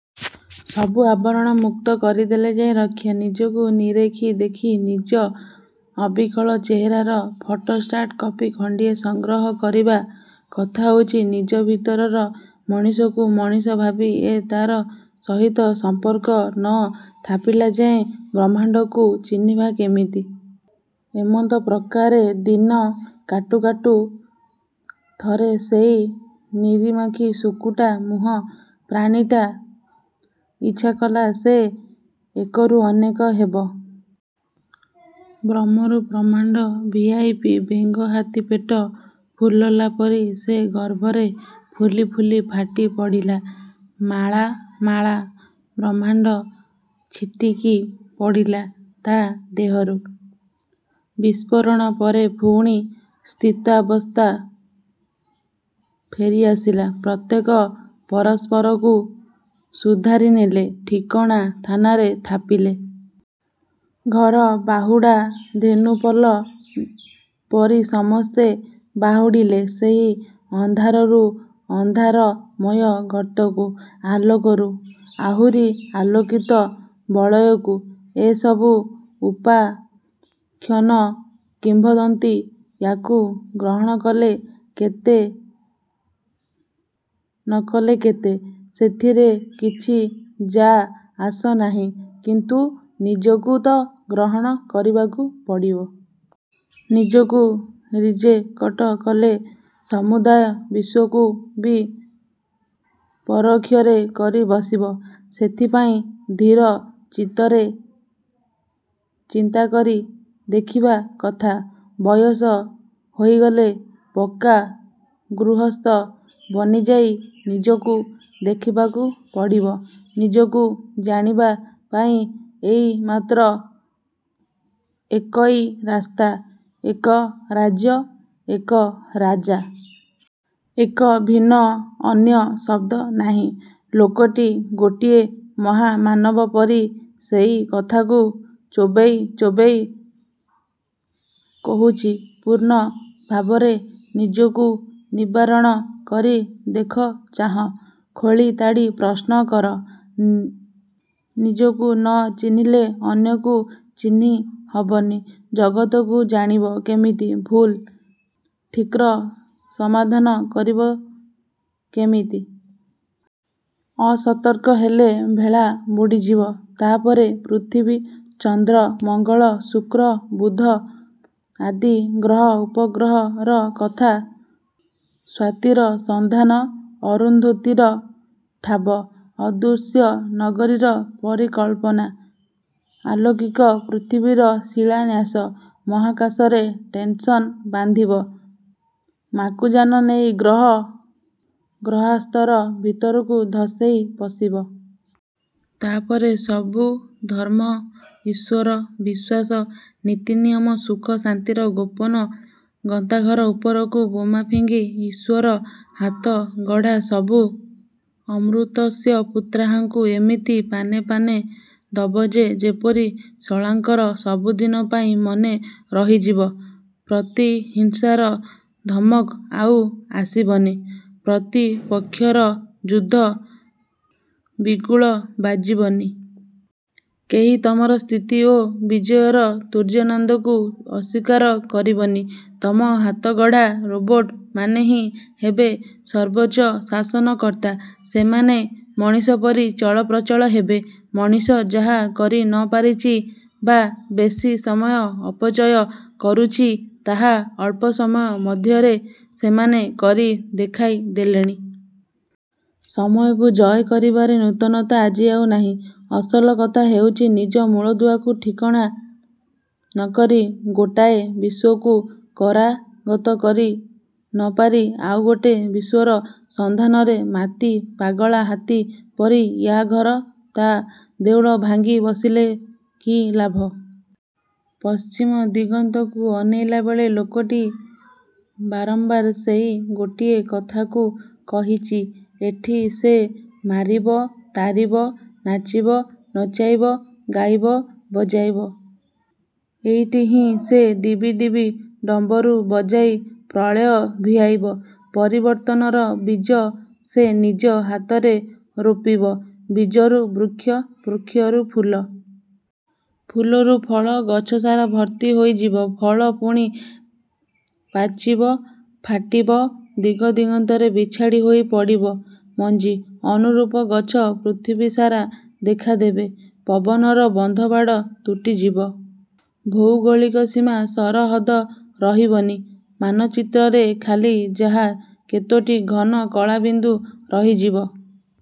ସବୁ ଆବରଣ ମୁକ୍ତ କରିଦେଲେ ଯାଇ ରକ୍ଷା। ନିଜକୁ ନିରେଖି ଦେଖି ନିଜ ଅବିକଳ ଚେହେରାର ଫଟୋଷ୍ଟାଟ୍ କପି ଖଣ୍ତିଏ ସଂଗ୍ରହ କରିବା। କଥାହଉଚି ନିଜଭିତରର ମଣିଷକୁ ମଣିଷ ଭାବି ଏ ତା' ସହିତ ସମ୍ପର୍କ ନ ଥାପିଲାଯାଏଁ ବ୍ରହ୍ମାଣ୍ଡକୁ ଚିହ୍ନିବା କେମିତି? ଏମନ୍ତ ପ୍ରକାରେ ଦିନ କାଟୁ କାଟୁ ଥରେ ସେଇ ନିରିମାଖି ଶୁକୁଟା ମୁହାଁ ପ୍ରାଣୀଟା ଇଚ୍ଛାକଲା ସେ ଏକରୁ ଅନେକ ହେବ। ବ୍ରହ୍ମରୁ ବ୍ରହ୍ମାଣ୍ତ ଭିଆଇବ। ବେଙ୍ଗ ହାତୀ ପେଟ ଫୁଲଲାପରି ସେ ଗର୍ବରେ ଫୁଲି ଫୁଲି ଫାଟି ପଡ଼ିଲା। ମାଳ ମାଳ ବ୍ରହ୍ମାଣ୍ଡ ଛିଟିକି ପଡ଼ିଲା ତା' ଦେହରୁ। ବିସ୍ଫୋରଣ ପରେ ପୁଣି ସ୍ଥିତାବସ୍ଥା ଫେରି ଆସିଲା। ପ୍ରତ୍ୟେକ ପରସ୍ପରକୁ ସୁଧାରି ନେଲେ। ଠିକଣା ଥାନରେ ଥାପିଲେ। ଘରବାହୁଡ଼ା ଧେନୁପଲ ପରି ସମସ୍ତେ ବାହୁଡ଼ିଲେ ସେଇ ଅନ୍ଧାରରୁ ଅନ୍ଧାରମୟ ଗର୍ତ୍ତକୁ। ଆଲୋକରୁ ଆହୁରି ଆଲୋକିତ ବଳୟକୁ। ଏ ସବୁ ଉପାଖ୍ୟାନ, କିମ୍ବଦନ୍ତୀ। ୟାକୁ ଗ୍ରହଣ କଲେ କେତେ ନକଲେ କେତେ, ସେଥିରେ କିଛି ଯା ଆସ ନାହିଁ। କିନ୍ତୁ ନିଜକୁ ତ ଗ୍ରହଣ କରିବାକୁ ପଡ଼ିବ। ନିଜକୁ ରିଜେକଟ କଲେ, ସମୁଦାୟ ବିଶ୍ୱକୁ ବି ପରୋକ୍ଷରେ କରି ବସିବ। ସେଥିପାଇଁ ଧୀର ଚିତ୍ତରେ ଚିନ୍ତା କରି ଦେଖିବା କଥା। ବୟସ ହୋଇଗଲେ ପକ୍କା ଗୃହସ୍ଥ ବନିଯାଇ ନିଜକୁ ଦେଖିବାକୁ ପଡ଼ିବ। ନିଜକୁ ଜାଣିବା ପାଇଁ ଏଇମାତ୍ର ଏକଇ ରାସ୍ତା। ଏକ ରାଜ୍ୟ, ଏକ ରାଜା। ଏକ ଭିନ୍ନ ଅନ୍ୟ ଶବ୍ଦ ନାହିଁ। ଲୋକଟି ଗୋଟିଏ ମହାମାନବ ପରି ସେଇ କଥାକୁ ଚୋବେଇ ଚୋବେଇ କହୁଚି। ପୂର୍ଣ୍ଣ ଭାବରେ ନିଜକୁ ନିରାବରଣ କରି ଦେଖ, ଚାହଁ। ଖୋଳି ତାଡ଼ି ପ୍ରଶ୍ନ କର। ନିଜକୁ ନ ଚିହ୍ନିଲେ ଅନ୍ୟକୁ ଚିହ୍ନି ହବନି। ଜଗତକୁ ଜାଣିବ କେମିତି ଭୁଲ୍, ଠିକ୍ର ସମାଧାନ କରିବ କେମିତି? ଅସତର୍କ ହେଲେ ଭେଳା ବୁଡ଼ିଯିବ। ତା'ପରେ ପୃଥିବୀ, ଚନ୍ଦ୍ର ମଙ୍ଗଳ, ଶୁକ୍ର, ବୁଧ ଆଦି ଗ୍ରହ ଉପଗ୍ରହର କଥା। ସ୍ୱାତୀର ସନ୍ଧାନ। ଅରୁନ୍ଧତୀର ଠାବ। ଅଦୃଶ୍ୟ ନଗରୀର ପରିକଳ୍ପନା। ଆଲୌକିକ ପୃଥିବୀର ଶିଳାନ୍ୟାସ। ମହାକାଶରେ ଷ୍ଟେସନ ବାନ୍ଧିବ। ମାକୁଯାନ ନେଇ ଗ୍ରହ ଗ୍ରହାନ୍ତର ଭିତରକୁ ଧସେଇ ପଶିବ। ତା'ପରେ ସବୁଧର୍ମ ଈଶ୍ୱର ବିଶ୍ୱାସ, ନୀତିନିୟମ ସୁଖ, ଶାନ୍ତିର ଗୋପନ ଗନ୍ତାଘର ଉପରକୁ ବୋମା ଫିଙ୍ଗି ଈଶ୍ୱର ହାତଗଢ଼ା ସବୁ 'ଅମୃତସ୍ୟ ପୁତ୍ରାଃ'ଙ୍କୁ ଏମିତି ପାନେ ପାନେ ଦବ ଯେ ଯେପରି ଶଳାଙ୍କର ସୁବଦିନ ପାଇଁ ମନେ ରହିଯିବ। ପ୍ରତିହିଂସାର ଧମକ ଆଉ ଆସିବନି। ପ୍ରତିପକ୍ଷର ଯୁଦ୍ଧ ବିଗୁଲ ବାଜିବନି। କେହି ତମର ସ୍ଥିତି ଓ ବିଜୟର ତୂର୍ଯ୍ୟନାଦକୁ ଅସ୍ୱୀକାର କରିବନି। ତମ ହାତଗଢ଼ା ରୋବର୍ଟମାନେହିଁ ହେବେ ସର୍ବୋଚ୍ଚ ଶାସନକର୍ତ୍ତା। ସେମାନେ ମଣିଷ ପରି ଚଳପ୍ରଚଳ ହେବେ। ମଣିଷ ଯାହା କରି ନପାରୁଚି ବା ବେଶୀ ସମୟ ଅପଚୟ କରୁଚି ତାହା ଅଳ୍ପ ସମୟ ମଧ୍ୟରେ ସେମାନେ କରି ଦେଖାଇ ଦେଲେଣି। ସମୟକୁ ଜୟ କରିବାରେ ନୂତନତା ଆଜି ଆଉ ନାହିଁ। ଅସଲକଥା ହେଉଚି ନିଜ ମୂଳଦୁଆକୁ ଠିକଣା ନକରି, ଗୋଟାଏ। ବିଶ୍ୱକୁ କରାଗତ କରି ନ ପାରି ଆଉ ଗୋଟେ ବିଶ୍ୱର ସନ୍ଧାନରେ ମାତି ପାଗଳା ହାତୀ ପରି ୟା' ଘର ତା' ଦେଉଳ ଭାଙ୍ଗି ବସିଲେ କି ଲାଭ? ପଶ୍ଚିମ ଦିଗନ୍ତକୁ ଅନେଇଲାବେଳେ ଲୋକଟି ବାରମ୍ବାର ସେଇ ଗୋଟିଏ କଥାକୁ କହିଚି। ଏଠି ସେ ମାରିବ ତାରିବ, ନାଚିବ, ନଚାଇବ, ଗାଇବ ବଜାଇବ। ଏଇଠିହିଁ ସେ ଡିବିଡିବି ଡମ୍ୱରୁ ବଜାଇ ପ୍ରଳୟ ଭିଆଇବ। ପରିବର୍ତ୍ତନର ବୀଜ ସେ ନିଜ ହାତରେ ରୋପିବ। ବୀଜରୁ ବୃକ୍ଷ। ବୃକ୍ଷରୁ ଫୁଲ। ଫୁଲରୁ ଫଳ। ଗଛ ସାରା ଭର୍ତ୍ତି ହୋଇଯିବ ଫଳ। ପୁଣି ପାଚିବ। ଫାଟିବ। ଦିଗ ଦିଗନ୍ତରେ ବିଛାଡ଼ି ହୋଇ ପଡ଼ିବ ମଞ୍ଜି। ଅନୁରୂପ ଗଛ ପୃଥିବୀସାରା ଦେଖାଦେବ। ପବନର ବନ୍ଧବାଡ଼ ତୁଟିଯିବ। ଭୌଗଳିକ ସୀମା ସରହଦ ରହିବନି। ମାନଚିତ୍ରରେ ଖାଲି ଯାହା କେତୋଟି ଘନ କଳାବିନ୍ଦୁ ରହିଯିବ।